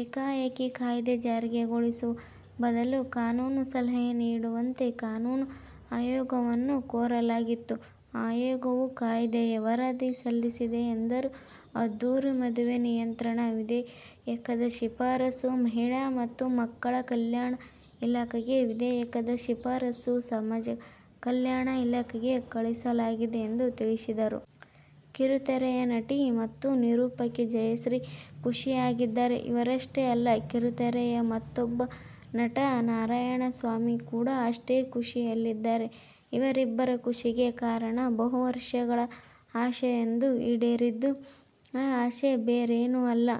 ಏಕಾಏಕಿ ಕಾಯ್ದೆ ಜಾರಿಗೊಳಿಸುವ ಬದಲು ಕಾನೂನು ಸಲಹೆ ನೀಡುವಂತೆ ಕಾನೂನು ಆಯೋಗವನ್ನು ಕೋರಲಾಗಿತ್ತು. ಆಯೋಗವು ಕಾಯ್ದೆಯ ವರದಿ ಸಲ್ಲಿಸಿದೆ ಎಂದರು. ಅದ್ಧೂರಿ ಮದುವೆ ನಿಯಂತ್ರಣ ವಿಧೇಯಕದ ಶಿಫಾರಸು ಮಹಿಳಾ ಮತ್ತು ಮಕ್ಕಳ ಕಲ್ಯಾಣ ಇಲಾಖೆಗೆ, ವಿಧೇಯಕದ ಶಿಫಾರಸು ಸಮಾಜ ಕಲ್ಯಾಣ ಇಲಾಖೆಗೆ ಕಳಿಸಲಾಗಿದೆ ಎಂದು ತಿಳಿಸಿದರು. ಕಿರುತೆರೆಯ ನಟಿ ಮತ್ತು ನಿರೂಪಕಿ ಜಯಶ್ರೀ ಖುಷಿಯಾಗಿದ್ದಾರೆ. ಇವರಷ್ಟೇ ಅಲ್ಲ, ಕಿರುತೆರೆಯ ಮತ್ತೂಬ್ಬ ನಟ ನಾರಾಯಣಸ್ವಾಮಿ ಕೂಡ ಅಷ್ಟೇ ಖುಷಿಯಲ್ಲಿದ್ದಾರೆ. ಇವರಿಬ್ಬರ ಖುಷಿಗೆ ಕಾರಣ, ಬಹುವರ್ಷಗಳ ಆಸೆಯೊಂದು ಈಡೇರಿದ್ದು. ಆ ಆಸೆ ಬೇರೇನೂ ಅಲ್ಲ,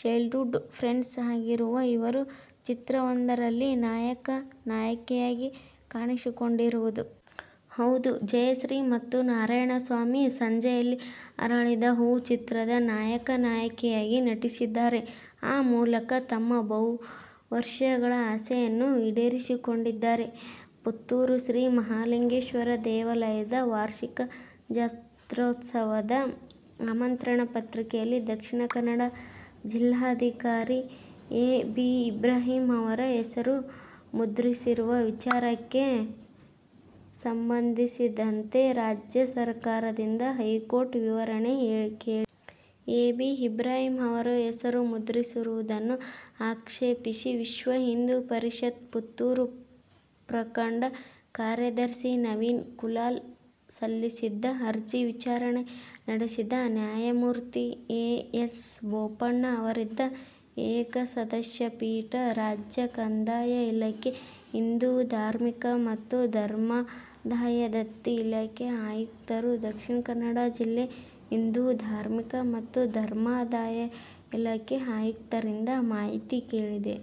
ಚೈಲ್ಡ್ವುಡ್ ಫ್ರೆಂಡ್ಸ್ ಆಗಿರುವ ಇವರು ಚಿತ್ರವೊಂದರಲ್ಲಿ ನಾಯಕ, ನಾಯಕಿಯಾಗಿ ಕಾಣಿಸಿಕೊಂಡಿರುವುದು. ಹೌದು, ಜಯಶ್ರೀ ಮತ್ತು ನಾರಾಯಣ ಸ್ವಾಮಿ "ಸಂಜೆಯಲ್ಲಿ ಅರಳಿದ ಹೂವು' ಚಿತ್ರದಲ್ಲಿ ನಾಯಕ, ನಾಯಕಿಯಾಗಿ ನಟಿಸಿದ್ದಾರೆ. ಆ ಮೂಲಕ ತಮ್ಮ ಬಹುವರ್ಷಗಳ ಆಸೆಯನ್ನು ಈಡೇರಿಸಿಕೊಂಡಿದ್ದಾರೆ. ಪುತ್ತೂರು ಶ್ರೀ ಮಹಾಲಿಂಗೇಶ್ವರ ದೇವಾಲಯದ ವಾರ್ಷಿಕ ಜಾತ್ರೋತ್ಸವದ ಆಮಂತ್ರಣ ಪತ್ರಿಕೆಯಲ್ಲಿ ದಕ್ಷಿಣ ಕನ್ನಡ ಜಿಲ್ಲಾಧಿಕಾರಿ ಎ. ಬಿ. ಇಬ್ರಾಹಿಂ ಅವರ ಹೆಸರು ಮುದ್ರಿಸಿರುವ ವಿಚಾರಕ್ಕೆ ಸಂಬಂಧಿಸಿದಂತೆ ರಾಜ್ಯ ಸರಕಾರದಿಂದ ಹೈಕೋರ್ಟ್ ವಿವರಣೆ ಕೇಳಿದೆ. ಎ. ಬಿ. ಇಬ್ರಾಹಿಂ ಅವರ ಹೆಸರು ಮುದ್ರಿಸುವುದನ್ನು ಆಕ್ಷೇಪಿಸಿ ವಿಶ್ವ ಹಿಂದೂ ಪರಿಷತ್ ಪುತ್ತೂರು ಪ್ರಖಂಡ ಕಾರ್ಯದರ್ಶಿ ನವೀನ್ ಕುಲಾಲ್ ಸಲ್ಲಿಸಿದ್ದ ಅರ್ಜಿ ವಿಚಾರಣೆ ನಡೆಸಿದ ನ್ಯಾಯಮೂರ್ತಿ ಎ. ಎಸ್. ಬೋಪಣ್ಣ ಅವರಿದ್ದ ಏಕಸದಸ್ಯ ಪೀಠ, ರಾಜ್ಯ ಕಂದಾಯ ಇಲಾಖೆ, ಹಿಂದೂ ಧಾರ್ಮಿಕ ಮತ್ತು ಧರ್ಮಾದಾಯ ದತ್ತಿ ಇಲಾಖೆ ಆಯುಕ್ತರು, ದಕ್ಷಿಣ ಕನ್ನಡ ಜಿಲ್ಲಾ ಹಿಂದೂ ಧಾರ್ಮಿಕ ಮತ್ತು ಧರ್ಮಾದಾಯ ಇಲಾಖೆ ಆಯುಕ್ತರಿಂದ ಮಾಹಿತಿ ಕೇಳಿದೆ.